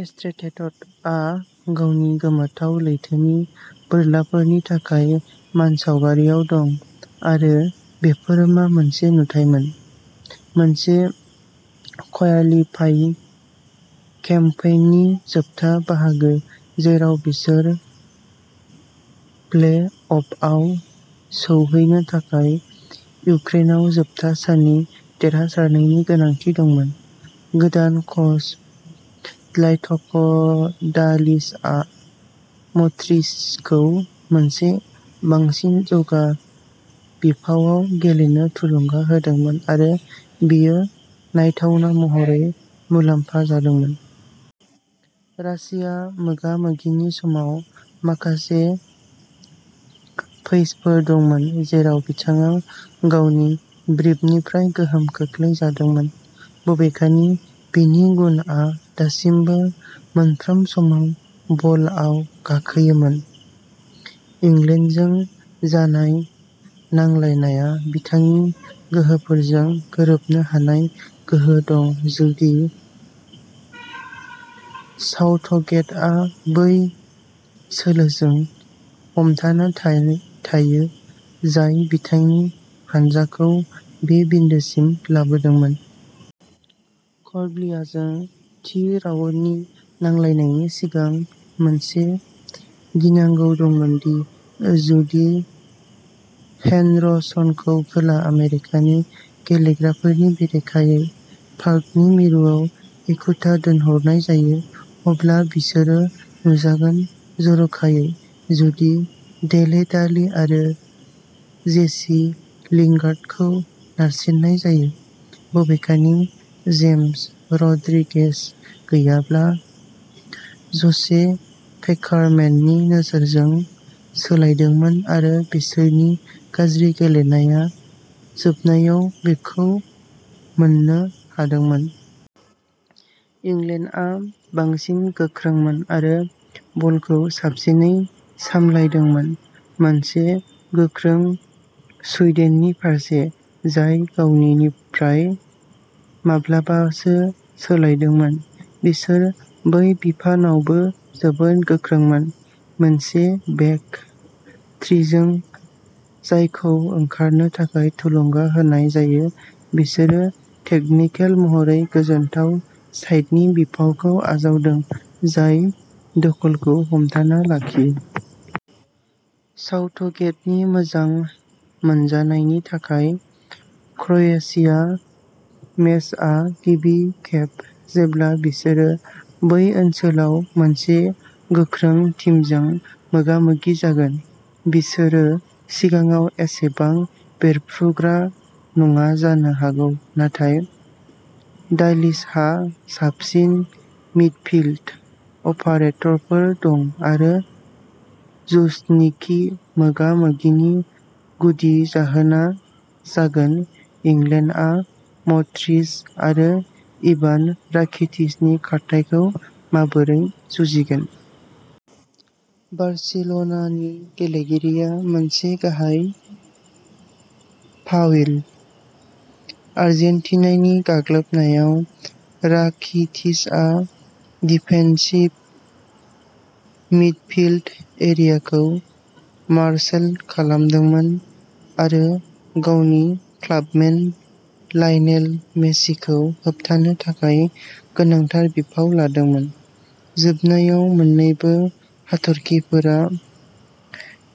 एट्रेटेटआ गावनि गोमोथाव लैथोनि बोरलाफोरनि थाखाय मानसावगारियाव दं, आरो बेफोर मा मोनसे नुथायमोन! मोनसे क्वालिफाइं केम्पेइननि जोबथा बाहागो जेराव बिसोर प्ले-अफआव सौहैनो थाखाय इउक्रेनाव जोबथा साननि देरहासारनायनि गोनांथि दंमोन, गोदान कच ज्लाटक'डालिचआ मद्रिचखौ मोनसे बांसिन जौगा बिफावआव गेलेनो थुलुंगा होदोंमोन आरो बेयो नायथावना महरै मुलाम्फा जादोंमोन। रासिया मोगा-मोगिनि समाव माखासे पैचफोर दंमोन जेराव बिथाङा गावनि ब्रिफनिफ्राय गोहोम खोख्लैजादोंमोन, बबेखानि बिनि गुनआ दासिमबो मोनफ्रोम समाव बलआव गाखोयोमोन। इंलेन्डजों जानाय नांलायनाया बिथांनि गोहोफोरजों गोरोबनो हानाय गोहो दं जुदि साउथगेटआ बै सोलोजों हमथाना थायो जाय बिथांनि हानजाखौ बे बिन्दोसिम लाबोदोंमोन। कलम्बियाजों थि राउन्डनि नांलायनायनि सिगां, मोनसे गिनांगौ दंमोन दि जुदि हेन्डरसनखौ खोला आमेरिकानि गेलेग्राफोरनि बेरेखायै पार्कनि मिरुआव एखुथा दोनहरनाय जायो अब्ला बिसोरो नुजागोन-जर'खायै जुदि डेले आलि आरो जेसि लिंगार्डखौ नारसिननाय जायो। बबेखानि, जेम्स रड्रिगेज गैयाब्ला ज'से पेकारमेननि नोजोरखौ सोलायदोंमोन आरो बिसोरनि गाज्रि गेलेनाया जोबनायाव बेखौ मोन्नो हादोंमोन। इंलेन्डआ बांसिन गोख्रोंमोन आरो बलखौ साबसिनै सामलायदोंमोन। मोनसे गोख्रों सुइडेननि फारसे, जाय गावनि - निफ्राय माब्लाबासो सोलायदोंमोन, बिसोर बै बिफानावबो जोबोद गोख्रोंमोन। मोनसे बेक थ्रिजों, जायखौ ओंखारनो थाखाय थुलुंगा होनाय जायो, बिसोरो टेकनिकेल महरै गोजोनथाव साइडनि बिफावखौ आजावदों, जाय दखलखौ हमथाना लाखियो। साउथगेटनि मोजां मोनजानाय नि थाखाय, क्र'येशिया मेचआ गिबि खेब, जेब्ला बिसोरो बै ओनसोलाव मोनसे गोख्रों टीमजों मोगा-मोगि जागोन। बिसोरो सिगाङाव एसेबां बेरफ्रुग्रा नङा जानो हागौ, नाथाय डालिचहा साबसिन मिडफील्ड अपारेटरफोर दं आरो लुझनिकि मोगा-मोगिनि गुदि जाहोना जागोन इंलेन्डआ मड्रिच आरो इभान राकिटिचनि खारथाइखौ माबोरै जुजिगोन। बार्सिल'नानि गेलेगिरिया मोनसे गाहाय फाविल। आर्जेन्टिनानि गाग्लोबनायाव, राकिटिचआ डिफेन्सिभ मिडफील्ड एरियाखौ मार्शोल खालामदोंमोन आरो गावनि क्लाबमेट लायनेल मेसिखौ होबथानो थाखाय गोनांथार बिफाव लादोंमोन। जोबनायाव, मोन्नैबो हाथरखिफोरा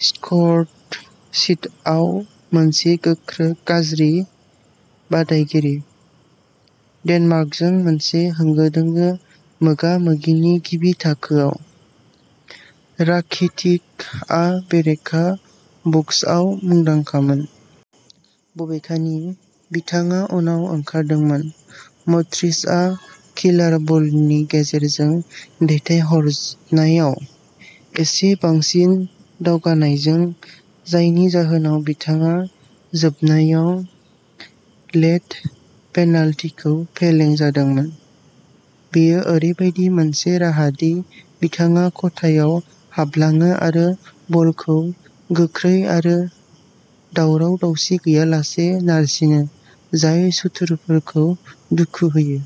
स्करशीटआव मोनसे गाज्रि बादायगिरि। डेनमार्कजों मोनसे होंगो-दोंगो मोगा-मोगिनि गिबि थाखोआव, राकिटिकआ बेरेखा बक्सआव मुंदांखामोन। बबेखानि, बिथाङा उनाव ओंखारदोंमोन, मड्रिचआ किलार बलनि गेजेरजों दैथायहरनायाव एसे बांसिन दावगानायजों, जायनि जाहोनाव बिथाङा जोबनायाव लेट पेनाल्टिखौ फेलें जादोंमोन। बेयो ओरैबायदि मोनसे राहा दि बिथाङा खथायाव हाबलाङो आरो बलखौ गोख्रै आरो दावराव-दावसि गैयालासे नारसिनो, जाय सुथुरफोरखौ दुखु होयो।